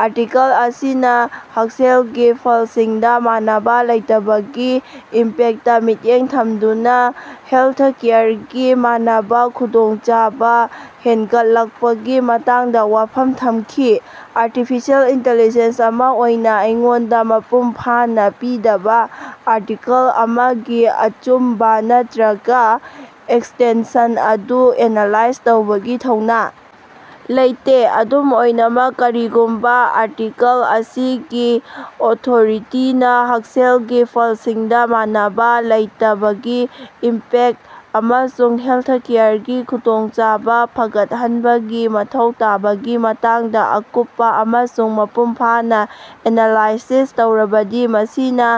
Article ꯑꯁꯤꯅ ꯍꯛꯁꯦꯜꯒꯤ ꯐꯜꯁꯤꯡꯗ ꯃꯥꯟꯅꯕ ꯂꯩꯇꯕꯒꯤ ꯏꯝꯄꯦꯛꯇꯇ ꯃꯤꯠꯌꯦꯡ ꯊꯝꯗꯨꯅ ꯍꯦꯜꯊꯀꯦꯌꯔꯒꯤ ꯃꯥꯟꯅꯕ ꯈꯨꯗꯣꯡꯆꯥꯕ ꯍꯦꯟꯒꯠꯂꯛꯄꯒꯤ ꯃꯇꯥꯡꯗ ꯋꯥꯐꯝ ꯊꯝꯈꯤ꯫ ꯑꯥꯔꯇꯤꯐꯤꯁꯤꯌꯦꯜ ꯏꯟꯇꯦꯂꯤꯖꯦꯟꯁ ꯑꯃ ꯑꯣꯏꯅ ꯑꯩꯉꯣꯟꯗ ꯃꯄꯨꯡ ꯐꯥꯅ ꯄꯤꯗꯕ ꯑꯥꯔꯇꯤꯀꯜ ꯑꯃꯒꯤ ꯑꯆꯨꯝꯕ ꯅꯠꯇ꯭ꯔꯒ ꯑꯦꯛꯁꯇꯦꯟꯁꯟ ꯑꯗꯨ ꯑꯦꯅꯂꯥꯏꯖ ꯇꯧꯕꯒꯤ ꯊꯧꯅ ꯂꯩꯇꯦ꯫ ꯑꯗꯨꯝ ꯑꯣꯏꯅꯃꯛ, ꯀꯔꯤꯒꯨꯝꯕ ꯑꯥꯔꯇꯤꯀꯜ ꯑꯁꯤꯒꯤ ꯑꯣꯊꯣꯔꯤꯇꯤꯅ ꯍꯛꯁꯦꯜꯒꯤ ꯐꯜꯁꯤꯡꯗ ꯃꯥꯟꯅꯕ ꯂꯩꯇꯕꯒꯤ ꯏꯝꯄꯦꯛꯇ ꯑꯃꯁꯨꯡ ꯍꯦꯜꯊꯀꯦꯌꯔꯒꯤ ꯈꯨꯗꯣꯡꯆꯥꯕ ꯐꯒꯠꯍꯟꯕꯒꯤ ꯃꯊꯧ ꯇꯥꯕꯒꯤ ꯃꯇꯥꯡꯗ ꯑꯀꯨꯞꯄ ꯑꯃꯁꯨꯡ ꯃꯄꯨꯡ ꯐꯥꯅ ꯑꯦꯅꯂꯥꯏꯁꯤꯁ ꯇꯧꯔꯕꯗꯤ ꯃꯁꯤꯅ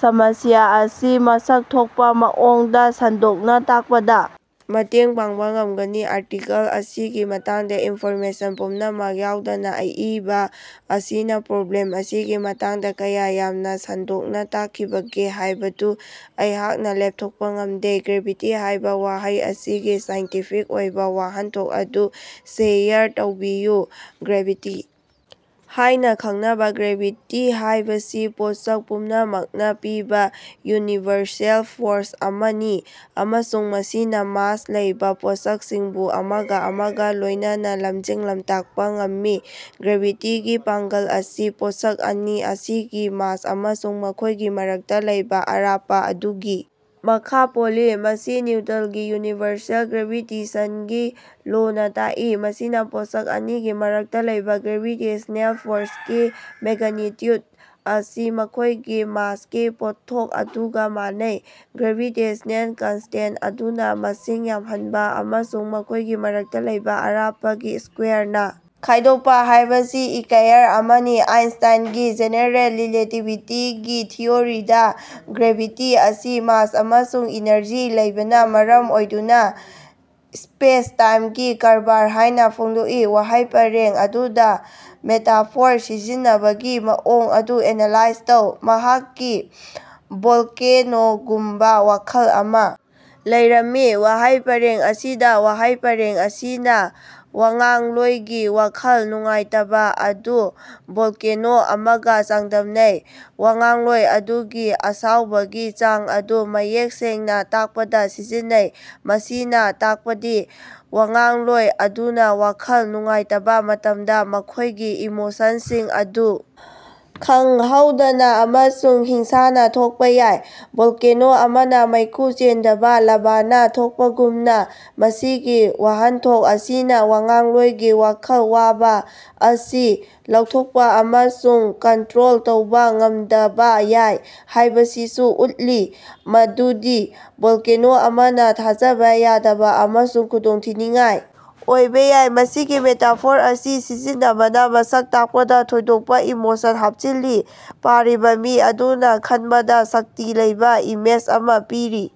ꯁꯃꯁ꯭ꯌꯥ ꯑꯁꯤ ꯃꯁꯛ ꯊꯣꯛꯄ ꯃꯑꯣꯡꯗ ꯁꯟꯗꯣꯛꯅ ꯇꯥꯛꯄꯗ ꯃꯇꯦꯡ ꯄꯥꯡꯕ ꯉꯝꯒꯅꯤ꯫ ꯑꯥꯔꯇꯤꯀꯜ ꯑꯁꯤꯒꯤ ꯃꯇꯥꯡꯗ ꯏꯟꯐꯣꯔꯃꯦꯁꯟ ꯄꯨꯝꯅꯃꯛ ꯌꯥꯎꯗꯅ ꯑꯏꯕ ꯑꯁꯤꯅ ꯄ꯭ꯔꯣꯕ꯭ꯂꯦꯝ ꯑꯁꯤꯒꯤ ꯃꯇꯥꯡꯗ ꯀꯌꯥ ꯌꯥꯝꯅ ꯁꯟꯗꯣꯛꯅ ꯇꯥꯛꯈꯤꯕꯒꯦ ꯍꯥꯏꯕꯗꯨ ꯑꯩꯍꯥꯛꯅ ꯂꯦꯞꯊꯣꯛꯄ ꯉꯝꯗꯦ꯫ "ꯒ꯭ꯔꯦꯚꯤꯇꯤ" ꯍꯥꯏꯕ ꯋꯥꯍꯩ ꯑꯁꯤꯒꯤ ꯁꯥꯏꯟꯇꯤꯐꯤꯛ ꯑꯣꯏꯕ ꯋꯥꯍꯟꯊꯣꯛ ꯑꯗꯨ ꯁꯦꯌꯔ ꯇꯧꯕꯤꯌꯨ꯫ ꯒ꯭ꯔꯦꯚꯤꯇꯤ ꯍꯥꯏꯅ ꯈꯪꯅꯕ ꯒ꯭ꯔꯦꯚꯤꯇꯤ ꯍꯥꯏꯕꯁꯤ ꯄꯣꯠꯁꯛ ꯄꯨꯝꯅꯃꯛꯅ ꯄꯤꯕ ꯌꯨꯅꯤꯚꯔꯁꯦꯜ ꯐꯣꯔꯁ ꯑꯃꯅꯤ ꯑꯃꯁꯨꯡ ꯃꯁꯤꯅ ꯃꯥꯁ ꯂꯩꯕ ꯄꯣꯠꯁꯛꯁꯤꯡꯕꯨ ꯑꯃꯒ ꯑꯃꯒ ꯂꯣꯏꯅꯅ ꯂꯝꯖꯤꯡ-ꯂꯝꯇꯥꯛꯄ ꯉꯝꯃꯤ꯫ ꯒ꯭ꯔꯦꯚꯤꯇꯤꯒꯤ ꯄꯥꯡꯒꯜ ꯑꯁꯤ ꯄꯣꯠꯁꯛ ꯑꯅꯤ ꯑꯁꯤꯒꯤ ꯃꯥꯁ ꯑꯃꯁꯨꯡ ꯃꯈꯣꯏꯒꯤ ꯃꯔꯛꯇ ꯂꯩꯕ ꯑꯔꯥꯞꯄ ꯑꯗꯨꯒꯤ ꯃꯈꯥ ꯄꯣꯜꯂꯤ꯫ ꯃꯁꯤ ꯅꯤꯎꯇꯟꯒꯤ ꯌꯨꯅꯤꯚꯔꯁꯦꯜ ꯒ꯭ꯔꯦꯚꯤꯇꯦꯁꯟꯒꯤ ꯂꯣꯅ ꯇꯥꯛꯏ꯫ ꯃꯁꯤꯅ ꯄꯣꯠꯁꯛ ꯑꯅꯤꯒꯤ ꯃꯔꯛꯇ ꯂꯩꯕ ꯒ꯭ꯔꯦꯚꯤꯇꯦꯁꯟꯅꯦꯜ ꯐꯣꯔꯁꯀꯤ ꯃꯦꯒꯅꯤꯇ꯭ꯌꯨꯗ ꯑꯁꯤ ꯃꯈꯣꯏꯒꯤ ꯃꯥꯁꯀꯤ ꯄꯣꯠꯊꯣꯛ ꯑꯗꯨꯒ ꯃꯥꯟꯅꯩ꯫ ꯒ꯭ꯔꯦꯚꯤꯇꯦꯁꯟꯅꯦꯜ ꯀꯟꯁꯇꯦꯟꯇ ꯑꯗꯨꯅ ꯃꯁꯤꯡ ꯌꯥꯝꯍꯟꯕ ꯑꯃꯁꯨꯡ ꯃꯈꯣꯏꯒꯤ ꯃꯔꯛꯇ ꯂꯩꯕ ꯑꯔꯥꯞꯄꯒꯤ ꯁ꯭ꯀꯣꯌꯥꯔꯅ ꯈꯥꯏꯗꯣꯛꯄ ꯍꯥꯏꯕꯁꯤ ꯏꯀ꯭ꯌꯥꯏꯌꯔ ꯑꯃꯅꯤ꯫ ꯑꯥꯏꯟꯁꯇꯥꯏꯟꯒꯤ ꯖꯦꯅꯦꯔꯦꯜ ꯔꯤꯂꯦꯇꯤꯚꯤꯇꯤꯒꯤ ꯊꯤꯑꯣꯔꯤꯗ ꯒ꯭ꯔꯦꯚꯤꯇꯤ ꯑꯁꯤ ꯃꯥꯁ ꯑꯃꯁꯨꯡ ꯏꯅꯔꯖꯤ ꯂꯩꯕꯅ ꯃꯔꯝ ꯑꯣꯏꯗꯨꯅ ꯁ꯭ꯄꯦꯁꯇꯥꯏꯝꯒꯤ ꯀꯔꯕꯥꯔ ꯍꯥꯏꯅ ꯐꯣꯡꯗꯣꯛꯏ꯫ ꯋꯥꯍꯩ ꯄꯔꯦꯡ ꯑꯗꯨꯗ ꯃꯦꯇꯥꯐꯣꯔ ꯁꯤꯖꯤꯟꯅꯕꯒꯤ ꯃꯑꯣꯡ ꯑꯗꯨ ꯑꯦꯅꯂꯥꯏꯖ ꯇꯧ꯫ ꯃꯍꯥꯛꯀꯤ ꯚꯣꯜꯀꯦꯅꯣꯒꯨꯝꯕ ꯋꯥꯈꯜ ꯑꯃꯥ ꯂꯩꯔꯝꯃꯤ꯫ ꯋꯥꯍꯩ ꯄꯔꯦꯡ ꯑꯁꯤꯗ ꯋꯥꯍꯩ ꯄꯔꯦꯡ ꯑꯁꯤꯅ ꯋꯥꯉꯥꯡꯂꯣꯏꯒꯤ ꯋꯥꯈꯜ ꯅꯨꯡꯉꯥꯏꯇꯕ ꯑꯗꯨ ꯚꯣꯜꯀꯦꯅꯣ ꯑꯃꯒ ꯆꯥꯡꯗꯝꯅꯩ꯫ ꯋꯥꯉꯥꯡꯂꯣꯏ ꯑꯗꯨꯒꯤ ꯑꯁꯥꯎꯕꯒꯤ ꯆꯥꯡ ꯑꯗꯨ ꯃꯌꯦꯛ ꯁꯦꯡꯅ ꯇꯥꯛꯄꯗ ꯁꯤꯖꯤꯟꯅꯩ꯫ ꯃꯁꯤꯅ ꯇꯥꯛꯄꯗꯤ ꯋꯥꯉꯥꯡꯂꯣꯏ ꯑꯗꯨꯅ ꯋꯥꯈꯜ ꯅꯨꯡꯉꯥꯏꯇꯕ ꯃꯇꯝꯗ ꯃꯈꯣꯏꯒꯤ ꯏꯃꯣꯁꯟꯁꯤꯡ ꯑꯗꯨ ꯈꯪꯍꯧꯗꯅ ꯑꯃꯁꯨꯡ ꯍꯤꯡꯁꯥꯅ ꯊꯣꯛꯄ ꯌꯥꯏ꯫ ꯚꯣꯜꯀꯦꯅꯣ ꯑꯃꯅ ꯃꯩꯈꯨ ꯆꯦꯟꯗꯕ ꯂꯥꯚꯥꯅ ꯊꯣꯛꯄꯒꯨꯝꯅ꯫ ꯃꯁꯤꯒꯤ ꯋꯥꯍꯟꯊꯣꯛ ꯑꯁꯤꯅ ꯋꯥꯉꯥꯡꯂꯣꯏꯒꯤ ꯋꯥꯈꯜ ꯋꯥꯕ ꯑꯁꯤ ꯂꯧꯊꯣꯛꯄ ꯑꯃꯁꯨꯡ ꯀꯟꯇ꯭ꯔꯣꯜ ꯇꯧꯕ ꯉꯝꯗꯕ ꯌꯥꯏ ꯍꯥꯏꯕꯁꯤꯁꯨ ꯎꯠꯂꯤ꯫ ꯃꯗꯨꯗꯤ ꯚꯣꯜꯀꯦꯅꯣ ꯑꯃꯅ ꯊꯥꯖꯕ ꯌꯥꯗꯕ ꯑꯃꯁꯨꯡ ꯈꯨꯗꯣꯡꯊꯤꯅꯤꯡꯉꯥꯏ ꯑꯣꯏꯕ ꯌꯥꯏ꯫ ꯃꯁꯤꯒꯤ ꯃꯦꯇꯥꯐꯣꯔ ꯑꯁꯤ ꯁꯤꯖꯤꯟꯅꯕꯅ ꯃꯁꯛ ꯇꯥꯛꯄꯗ ꯊꯣꯏꯗꯣꯛꯄ ꯏꯃꯣꯁꯟ ꯍꯥꯞꯆꯤꯜꯂꯤ꯫ ꯄꯥꯔꯤꯕ ꯃꯤ ꯑꯗꯨꯅ ꯈꯟꯕꯗ ꯁꯛꯇꯤ ꯂꯩꯕ ꯏꯃꯦꯖ ꯑꯃ ꯄꯤꯔꯤ꯫